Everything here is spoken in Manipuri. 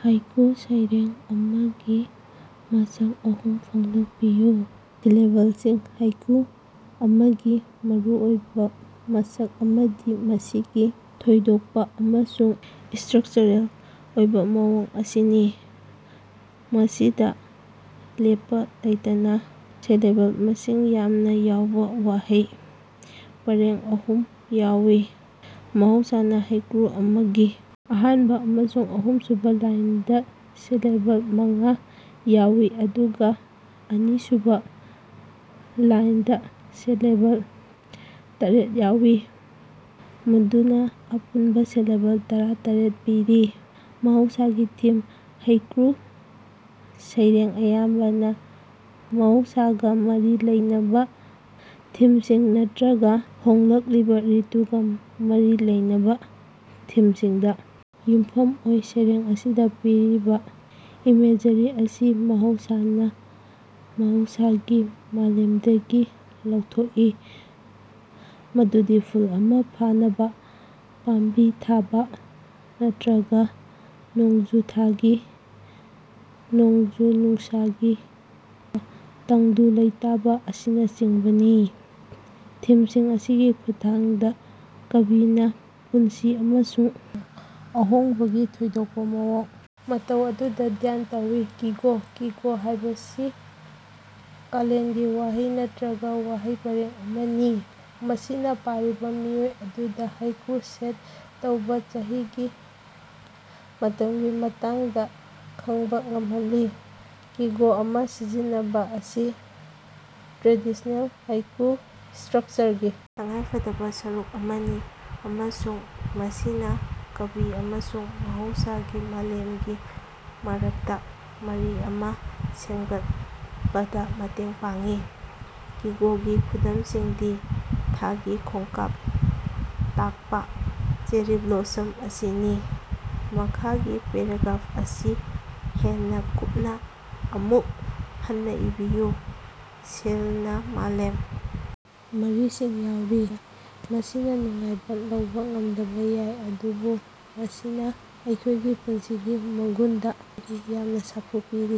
ꯍꯥꯏꯀꯨ ꯁꯩꯔꯦꯡ ꯑꯃꯒꯤ ꯃꯁꯛ ꯑꯍꯨꯝ ꯐꯣꯡꯗꯣꯛꯄꯤꯌꯨ꯫ ꯁꯤꯂꯦꯕꯜꯁꯤꯡ: ꯍꯥꯏꯀꯨ ꯑꯃꯒꯤ ꯃꯔꯨꯑꯣꯏꯕꯥ ꯃꯁꯛ ꯑꯃꯗꯤ ꯃꯁꯤꯒꯤ ꯊꯣꯏꯗꯣꯛꯄꯥ ꯑꯃꯁꯨꯡ ꯏꯁꯇ꯭ꯔꯛꯆꯔꯦꯜ ꯑꯣꯏꯕꯥ ꯃꯑꯣꯡ ꯑꯁꯤꯅꯤ, ꯃꯁꯤꯗꯥ ꯂꯦꯞꯄꯥ ꯂꯩꯇꯅꯥ ꯁꯤꯂꯦꯕꯜ ꯃꯁꯤꯡ ꯌꯥꯝꯅꯥ ꯌꯥꯎꯕ ꯋꯥꯍꯩ ꯄꯔꯦꯡ ꯑꯍꯨꯝ ꯌꯥꯎꯏ꯫ ꯃꯍꯧꯁꯥꯅꯥ ꯍꯥꯏꯀꯨ ꯑꯃꯒꯤ ꯑꯍꯥꯟꯕ ꯑꯃꯁꯨꯡ ꯑꯍꯨꯝꯁꯨꯕ ꯂꯥꯏꯟꯗꯥ ꯁꯤꯂꯦꯕꯜ ꯃꯉꯥ ꯌꯥꯎꯏ ꯑꯗꯨꯒꯥ ꯑꯅꯤꯁꯨꯕꯥ ꯂꯥꯏꯟꯗꯥ ꯁꯤꯂꯦꯕꯜ ꯇꯥꯔꯦꯠ ꯌꯥꯎꯏ꯫ ꯃꯗꯨꯅꯥ ꯑꯄꯨꯟꯕꯥ ꯁꯤꯂꯦꯕꯜ ꯇꯔꯥꯇꯔꯦꯠ ꯄꯤꯔꯤ꯫ ꯃꯍꯧꯁꯥꯒꯤ ꯊꯤꯝ: ꯍꯥꯏꯀꯨ ꯁꯩꯔꯦꯡ ꯑꯌꯥꯝꯕꯅꯥ ꯃꯍꯧꯁꯥꯒꯥ ꯃꯔꯤ ꯂꯩꯅꯕꯥ ꯊꯤꯝꯁꯤꯡ ꯅꯠꯇ꯭ꯔꯒꯥ ꯍꯣꯡꯂꯛꯂꯤꯕꯥ ꯔꯤꯇꯨꯒꯥ ꯃꯔꯤ ꯂꯩꯅꯕꯥ ꯊꯤꯝꯁꯤꯡꯗꯥ ꯌꯨꯝꯐꯝ ꯑꯣꯏ꯫ ꯁꯩꯔꯦꯡ ꯑꯁꯤꯗꯥ ꯄꯤꯔꯤꯕꯥ ꯏꯃꯦꯖꯔꯤ ꯑꯁꯤ ꯃꯍꯧꯁꯥꯅꯥ ꯃꯍꯧꯁꯥꯒꯤ ꯃꯥꯂꯦꯝꯗꯒꯤ ꯂꯧꯊꯣꯛꯏ, ꯃꯗꯨꯗꯤ ꯐꯨꯜ ꯑꯃꯥ ꯐꯥꯅꯕ, ꯄꯥꯝꯕꯤ ꯊꯥꯕ, ꯅꯠꯇ꯭ꯔꯒꯥ ꯅꯣꯡꯖꯨ ꯊꯥꯒꯤ ꯅꯣꯡꯖꯨ-ꯅꯨꯡꯁꯥꯒꯤ ꯇꯪꯗꯨ ꯂꯩꯇꯥꯕꯥ ꯑꯁꯤꯅꯆꯤꯡꯕꯅꯤ꯫ ꯊꯤꯝꯁꯤꯡ ꯑꯁꯤꯒꯤ ꯈꯨꯠꯊꯥꯡꯗꯥ ꯀꯕꯤꯅꯥ ꯄꯨꯟꯁꯤ ꯑꯃꯁꯨꯡ ꯑꯍꯣꯡꯕꯒꯤ ꯊꯣꯏꯗꯣꯛꯄꯥ ꯃꯑꯣꯡ ꯃꯇꯧ ꯑꯗꯨꯗꯥ ꯙ꯭ꯌꯥꯟ ꯇꯧꯏ꯫ ꯀꯤꯒꯣ: ꯀꯤꯒꯣ ꯍꯥꯏꯕꯁꯤ ꯀꯥꯂꯦꯟꯒꯤ ꯋꯥꯍꯩ ꯅꯠꯇ꯭ꯔꯒꯥ ꯋꯥꯍꯩ ꯄꯔꯦꯡ ꯑꯃꯅꯤ, ꯃꯁꯤꯅꯥ ꯄꯥꯔꯤꯕꯥ ꯃꯤꯑꯣꯏ ꯑꯗꯨꯗꯥ ꯍꯥꯏꯀꯨ ꯁꯦꯠ ꯇꯧꯕꯥ ꯆꯍꯤꯒꯤ ꯃꯇꯝꯒꯤ ꯃꯇꯥꯡꯗꯥ ꯈ ꯪꯕꯥ ꯉꯝꯍꯜꯂꯤ꯫ ꯀꯤꯒꯣ ꯑꯃꯥ ꯁꯤꯖꯤꯟꯅꯕꯥ ꯑꯁꯤ ꯇ꯭ꯔꯦꯗꯤꯁꯅꯦꯜ ꯍꯥꯏꯀꯨ ꯏꯁꯇ꯭ꯔꯛꯆꯔꯒꯤ ꯇꯉꯥꯏꯐꯗꯕꯥ ꯁꯔꯨꯛ ꯑꯃꯅꯤ ꯑꯃꯁꯨꯡ ꯃꯁꯤꯅꯥ ꯀꯕꯤ ꯑꯃꯁꯨꯡ ꯃꯍꯧꯁꯥꯒꯤ ꯃꯥꯂꯦꯝꯒꯤ ꯃꯔꯛꯇꯥ ꯃꯔꯤ ꯑꯃꯥ ꯁꯦꯝꯒꯠꯄꯗꯥ ꯃꯇꯦꯡ ꯄꯥꯡꯏ꯫ ꯀꯤꯒꯣꯒꯤ ꯈꯨꯗꯝꯁꯤꯡꯗꯤ ꯊꯥꯒꯤ ꯈꯣꯡꯀꯥꯞ ꯇꯥꯛꯄꯥ "ꯆꯦꯔꯤ ꯕ꯭ꯂꯣꯁꯝ" ꯑꯁꯤꯅꯤ꯫ ꯃꯈꯥꯒꯤ ꯄꯦꯔꯥꯒ꯭ꯔꯥꯞ ꯑꯁꯤ ꯍꯦꯟꯅꯥ ꯀꯨꯞꯅꯥ ꯑꯃꯨꯛ ꯍꯟꯅꯥ ꯏꯕꯤꯌꯨ꯫ ꯁꯦꯜꯅꯥ ꯃꯥꯂꯦꯝ ꯃꯔꯤꯁꯤꯡ ꯌꯥꯎꯔꯤ꯫ ꯃꯁꯤꯅꯥ ꯅꯨꯡꯉꯥꯏꯕꯥ ꯂꯧꯕꯥ ꯉꯝꯗꯕꯥ ꯌꯥꯏ ꯑꯗꯨꯕꯨ ꯃꯁꯤꯅꯥ ꯑꯩꯈꯣꯏꯒꯤ ꯄꯨꯟꯁꯤꯒꯤ ꯃꯒꯨꯟꯗꯥ ꯌꯥꯝꯅꯥ ꯁꯥꯐꯨ ꯄꯤꯔꯤ꯫